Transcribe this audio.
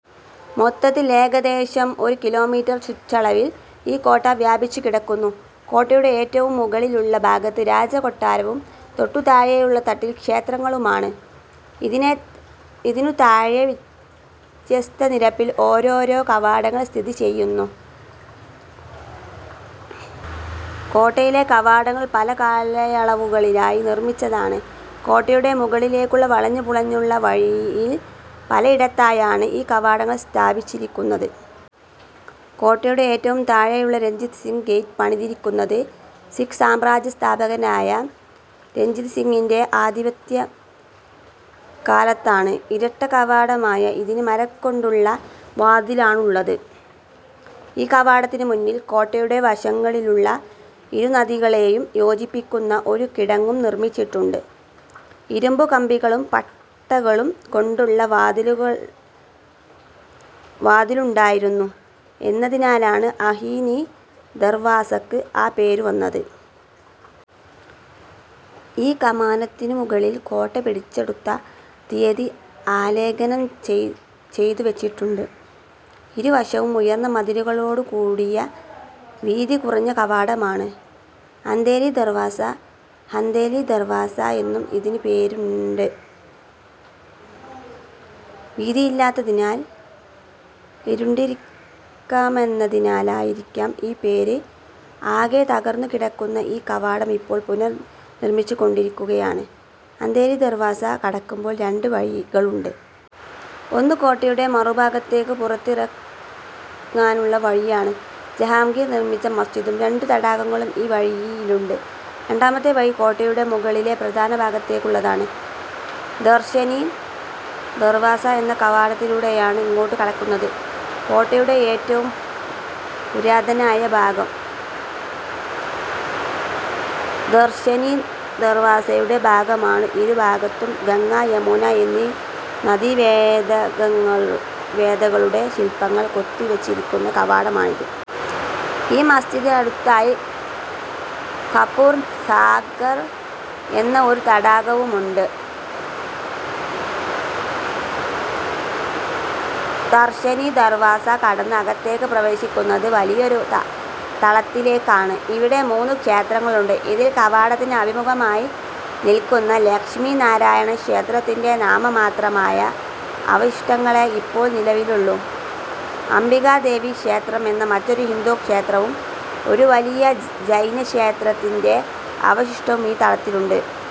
മൊത്തത്തിൽ ഏകദേശം ഒരു കിലോമീറ്റർ ചുറ്റളവിൽ ഈ കോട്ട വ്യാപിച്ചുകിടക്കുന്നു. കോട്ടയുടെ ഏറ്റവും മുകളിലുള്ള ഭാഗത്ത് രാജകൊട്ടാരവും, തൊട്ടു താഴെയുള്ള തട്ടിൽ ക്ഷേത്രങ്ങളുമാണ്. ഇതിനു താഴെ വ്യത്യസ്ത നിരപ്പിൽ ഓരോരോ കവാടങ്ങൾ സ്ഥിതി ചെയ്യുന്നു. കോട്ടയിലെ കവാടങ്ങൾ പല കാലയളവുകളിലായി നിർമ്മിച്ചതാണ്. കോട്ടയുടെ മുകളിലേക്കുള്ള വളഞ്ഞുപുളഞ്ഞുള്ള വഴിയിൽ പലയിടത്തായാണ് ഈ കവാടങ്ങൾ സ്ഥാപിച്ചിരിക്കുന്നത്. കോട്ടയുടെ ഏറ്റവും താഴെയുള്ള രഞ്ജിത് സിങ് ഗേറ്റ്' പണിതിരിക്കുന്നത് സിഖ് സാമ്രാജ്യസ്ഥാപകനായ രഞ്ജിത് സിങ്ങിന്റെ ആധിപത്യകാലത്താണ്. ഇരട്ടക്കവാടമായ ഇതിന് മരംകൊണ്ടുള്ള വാതിലാണുള്ളത്. ഈ കവാടത്തിനു മുന്നിൽ കോട്ടയുടെ വശങ്ങളിലുള്ള ഇരുനദികളെയും യോജിപ്പിക്കുന്ന ഒരു കിടങ്ങും നിർമ്മിച്ചിട്ടുണ്ട്. ഇരുമ്പുകമ്പികളും പട്ടകളും കൊണ്ടുള്ള വാതിലുണ്ടായിരുന്നു എന്നതിനാലാണ് അഹീനി ദർവാസക്ക് ആ പേരുവന്നത്. ഈ കമാനത്തിനു മുകളിൽ കോട്ട പിടിച്ചെടുത്ത തിയതി ആലേഖനം ചെയ്തുവച്ചിട്ടുണ്ട്. ഇരുവശത്തും ഉയർന്ന മതിലുകളോടുകൂടിയ വീതികുറഞ്ഞ കവാടമാണ് അന്ധേരി ദർവാസ. ഹന്ദേലി ദർവാസ എന്നും ഇതിനുപേരുണ്ട്. വീതിയില്ലാത്തതിനാൽ ഇരുണ്ടിരിക്കാമെന്നതിനാലായിരിക്കാം ഈ പേര്. ആകെ തകർന്നുകിടക്കുന്ന ഈ കവാടം ഇപ്പോൾ പുനർനിർമ്മിച്ചുകൊണ്ടിരിക്കുകയാണ്. അന്ധേരി ദർവാസ കടക്കുമ്പോൾ രണ്ട് വഴികളുണ്ട്. ഒന്ന് കോട്ടയുടെ മറുഭാഗത്തേക്ക് പുറത്തേക്കിറങ്ങാനുള്ള വഴിയാണ്. ജഹാംഗീർ നിർമ്മിച്ച മസ്ജിദും, രണ്ടു തടാകങ്ങളും ഈ വഴിയിലുണ്ട്. രണ്ടാമത്തെ വഴി കോട്ടയുടെ മുകളിലെ പ്രധാനഭാഗത്തേക്കുള്ളതാണ്. ദർശനി ദർവാസ എന്ന കവാടത്തിലൂടെയാണ് ഇങ്ങോട്ടുകടക്കുന്നത്. കോട്ടയുടെ ഏറ്റവും പുരാതനമായ ഭാഗം ദർശനി ദർവാസയുടെ ഭാഗമാണ്. ഇരുഭാഗത്തും ഗംഗ, യമുന എന്നീ നദീദേവതകളുടെ ശില്പങ്ങൾ കൊത്തിവച്ചിരിക്കുന്ന കവാടമാണിത്. ഈ മസിജിദിനടുത്തായി കപൂർ സാഗർ എന്ന ഒരു തടാകവുമുണ്ട്. ദർശനി ദർവാസ കടന്ന് അകത്തേക്ക് പ്രവേശിക്കുന്നത് വലിയൊരു തളത്തിലേക്കാണ് ഇവിടെ മൂന്നു ക്ഷേത്രങ്ങളുണ്ട്. ഇതിൽ കവാടത്തിന് അഭിമുഖമായി നിൽക്കുന്ന ലക്ഷ്മീ നാരായൺ ക്ഷേത്രത്തിന്റെ നാമമാത്രമായ അവശിഷ്ടങ്ങളേ ഇപ്പോൾ നിലവിലുള്ളൂ. അംബികാദേവി ക്ഷേത്രം എന്ന മറ്റൊരു ഹിന്ദു ക്ഷേത്രവും, ഒരു വലിയ ജൈനക്ഷേത്രത്തിന്റെ അവശിഷ്ടവും ഈ തളത്തിലുണ്ട്.